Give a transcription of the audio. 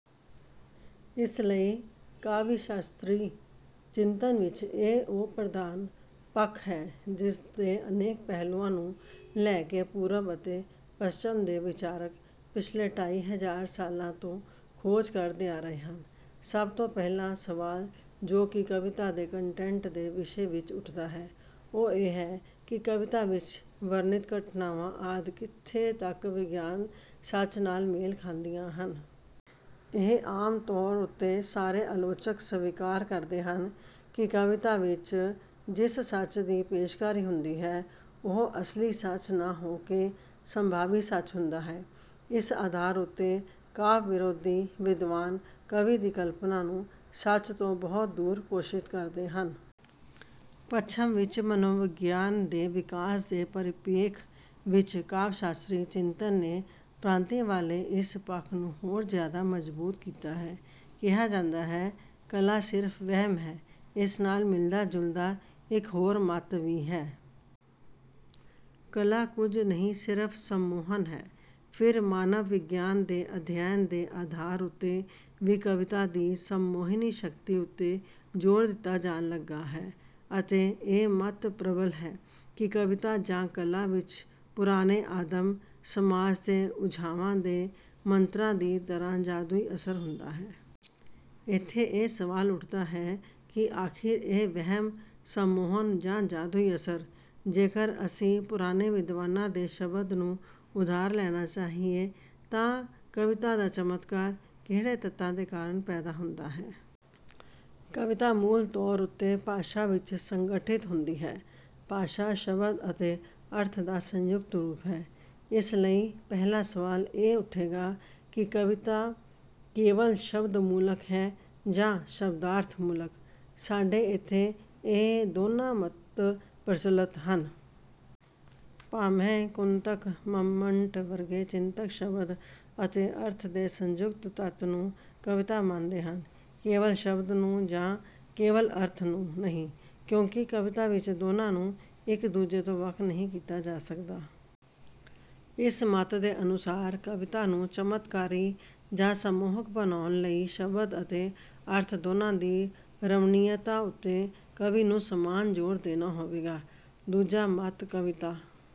ਇਸ ਲਈ ਕਾਵਿ ਸ਼ਾਸਤਰੀ ਚਿੰਤਨ ਵਿੱਚ ਇਹ ਉਹ ਪ੍ਰਧਾਨ ਪੱਖ ਹੈ ਜਿਸਦੇ ਅਨੇਕ ਪਹਿਲੂਆਂ ਨੂੰ ਲੈ ਕੇ ਪੂਰਬ ਅਤੇ ਪੱਛਮ ਦੇ ਵਿਚਾਰਕ ਪਿਛਲੇ ਢਾਈ ਹਜ਼ਾਰ ਸਾਲਾਂ ਤੋਂ ਖੋਜ ਕਰਦੇ ਆ ਰਹੇ ਹਨ। ਸਭ ਤੋਂ ਪਹਿਲਾ ਸਵਾਲ ਜੋ ਕਵਿਤਾ ਦੇ ਕੰਟੈਂਟ ਦੇ ਵਿਸ਼ੇ ਵਿੱਚ ਉੱਠਦਾ ਹੈ, ਉਹ ਇਹ ਹੈ ਕਿ ਕਵਿਤਾ ਵਿੱਚ ਵਰਣਿਤ ਘਟਨਾਵਾਂ ਆਦਿ ਕਿੱਥੇ ਤੱਕ ਵਿਗਿਆਨਕ ਸੱਚ ਨਾਲ ਮੇਲ ਖਾਂਦੀਆਂ ਹਨ। ਇਹ ਆਮ ਤੌਰ ਉੱਤੇ ਸਾਰੇ ਆਲੋਚਕ ਸਵੀਕਾਰ ਕਰਦੇ ਹਨ ਕਿ ਕਵਿਤਾ ਵਿੱਚ ਜਿਸ ਸੱਚ ਦੀ ਪੇਸ਼ਕਾਰੀ ਹੁੰਦੀ ਹੈ, ਉਹ ਅਸਲੀ ਸੱਚ ਨਾ ਹੋ ਕੇ ਸੰਭਾਵੀ ਸੱਚ ਹੁੰਦਾ ਹੈ। ਇਸ ਆਧਾਰ ਉੱਤੇ ਕਾਵਿ ਵਿਰੋਧੀ ਵਿਦਵਾਨ ਕਵੀ ਦੀ ਕਲਪਨਾ ਨੂੰ ਸੱਚ ਤੋਂ ਬਹੁਤ ਦੂਰ ਘੋਸ਼ਿਤ ਕਰਦੇ ਹਨ। ਪੱਛਮ ਵਿੱਚ ਮਨੋਵਿਗਿਆਨ ਦੇ ਵਿਕਾਸ ਦੇ ਪਰਿਪੇਖ ਵਿੱਚ ਕਾਵਿ ਸ਼ਾਸਤਰੀ ਚਿੰਤਨ ਨੇ ਭ੍ਰਾਂਤੀਵਾਲੇ ਇਸ ਪੱਖ ਨੂੰ ਹੋਰ ਜ਼ਿਆਦਾ ਮਜ਼ਬੂਤ ਕੀਤਾ ਹੈ। ਕਿਹਾ ਜਾਂਦਾ ਹੈ, ਕਲਾ ਸਿਰਫ ਵਹਿਮ ਹੈ। ਇਸ ਨਾਲ ਮਿਲਦਾ ਜੁਲਦਾ ਇੱਕ ਹੋਰ ਮਤ ਵੀ ਹੈ। ਕਲਾ ਕੁੱਝ ਨਹੀਂ ਸਿਰਫ਼ ਸੰਮੋਹਨ ਹੈ। ਫਿਰ ਮਾਨਵ ਵਿਗਿਆਨ ਦੇ ਅਧਿਐਨ ਦੇ ਆਧਾਰ ਉੱਤੇ ਵੀ ਕਵਿਤਾ ਦੀ ਸੰਮੋਹਿਨੀ ਸ਼ਕਤੀ ਉੱਤੇ ਜ਼ੋਰ ਦਿੱਤਾ ਜਾਣ ਲੱਗਾ ਹੈ ਅਤੇ ਇਹ ਮਤ ਪ੍ਰਬਲ ਹੈ ਕਿ ਕਵਿਤਾ ਜਾਂ ਕਲਾ ਵਿੱਚ ਪੁਰਾਣੇ ਆਦਿਮ ਸਮਾਜ ਦੇ ਓਝਾਵਾਂ ਦੇ ਮੰਤਰਾਂ ਦੀ ਤਰ੍ਹਾਂ ਜਾਦੂਈ ਅਸਰ ਹੁੰਦਾ ਹੈ। ਇੱਥੇ ਇਹ ਸਵਾਲ ਉੱਠਦਾ ਹੈ ਕਿ ਆਖਿਰ ਇਹ ਵਹਿਮ, ਸੰਮੋਹਨ ਜਾਂ ਜਾਦੂਈ ਅਸਰ, ਜੇਕਰ ਅਸੀਂ ਪੁਰਾਣੇ ਵਿਦਵਾਨਾਂ ਦੇ ਸ਼ਬਦ ਨੂੰ ਉਧਾਰ ਲੈਣਾ ਚਾਹੀਏ ਤਾਂ ਕਵਿਤਾ ਦਾ ਚਮਤਕਾਰ, ਕਿਹੜੇ ਤੱਤਾਂ ਦੇ ਕਾਰਨ ਪੈਦਾ ਹੁੰਦਾ ਹੈ। ਕਵਿਤਾ ਮੂਲ ਤੌਰ ਉੱਤੇ ਭਾਸ਼ਾ ਵਿੱਚ ਸੰਗਠਿਤ ਹੁੰਦੀ ਹੈ। ਭਾਸ਼ਾ ਸ਼ਬਦ ਅਤੇ ਅਰਥ ਦਾ ਸੰਯੁਕਤ ਰੂਪ ਹੈ। ਇਸ ਲਈ ਪਹਿਲਾ ਸਵਾਲ ਇਹ ਉੱਠੇਗਾ ਕਿ ਕਵਿਤਾ ਕੇਵਲ ਸ਼ਬਦਮੂਲਕ ਹੈ ਜਾਂ ਸ਼ਬਦਾਰਥਮੂਲਕ। ਸਾਡੇ ਇੱਥੇ ਇਹ ਦੋਨਾਂ ਮਤ ਪ੍ਰਚੱਲਤ ਹਨ। ਭਾਮਹ, ਕੁੰਤਕ, ਮੰਮਟ ਵਰਗੇ ਚਿੰਤਕ ਸ਼ਬਦ ਅਤੇ ਅਰਥ ਦੇ ਸੰਯੁਕਤ ਤੱਤ ਨੂੰ ਕਵਿਤਾ ਮੰਨਦੇ ਹਨ, ਕੇਵਲ ਸ਼ਬਦ ਨੂੰ ਜਾਂ ਕੇਵਲ ਅਰਥ ਨੂੰ ਨਹੀਂ, ਕਿਉਂਕਿ ਕਵਿਤਾ ਵਿੱਚ ਦੋਨਾਂ ਨੂੰ ਇੱਕ ਦੂਜੇ ਤੋਂ ਵੱਖ ਨਹੀਂ ਕੀਤਾ ਜਾ ਸਕਦਾ। ਇਸ ਮਤ ਦੇ ਅਨੁਸਾਰ ਕਵਿਤਾ ਨੂੰ ਚਮਤਕਾਰੀ ਜਾਂ ਸੰਮੋਹਕ ਬਣਾਉਣ ਲਈ ਸ਼ਬਦ ਅਤੇ ਅਰਥ ਦੋਨਾਂ ਦੀ ਰਮਣੀਅਤਾ ਉੱਤੇ ਕਵੀ ਨੂੰ ਸਮਾਨ ਜ਼ੋਰ ਦੇਣਾ ਹੋਵੇਗਾ। ਦੂਜਾ ਮਤ ਕਵਿਤਾ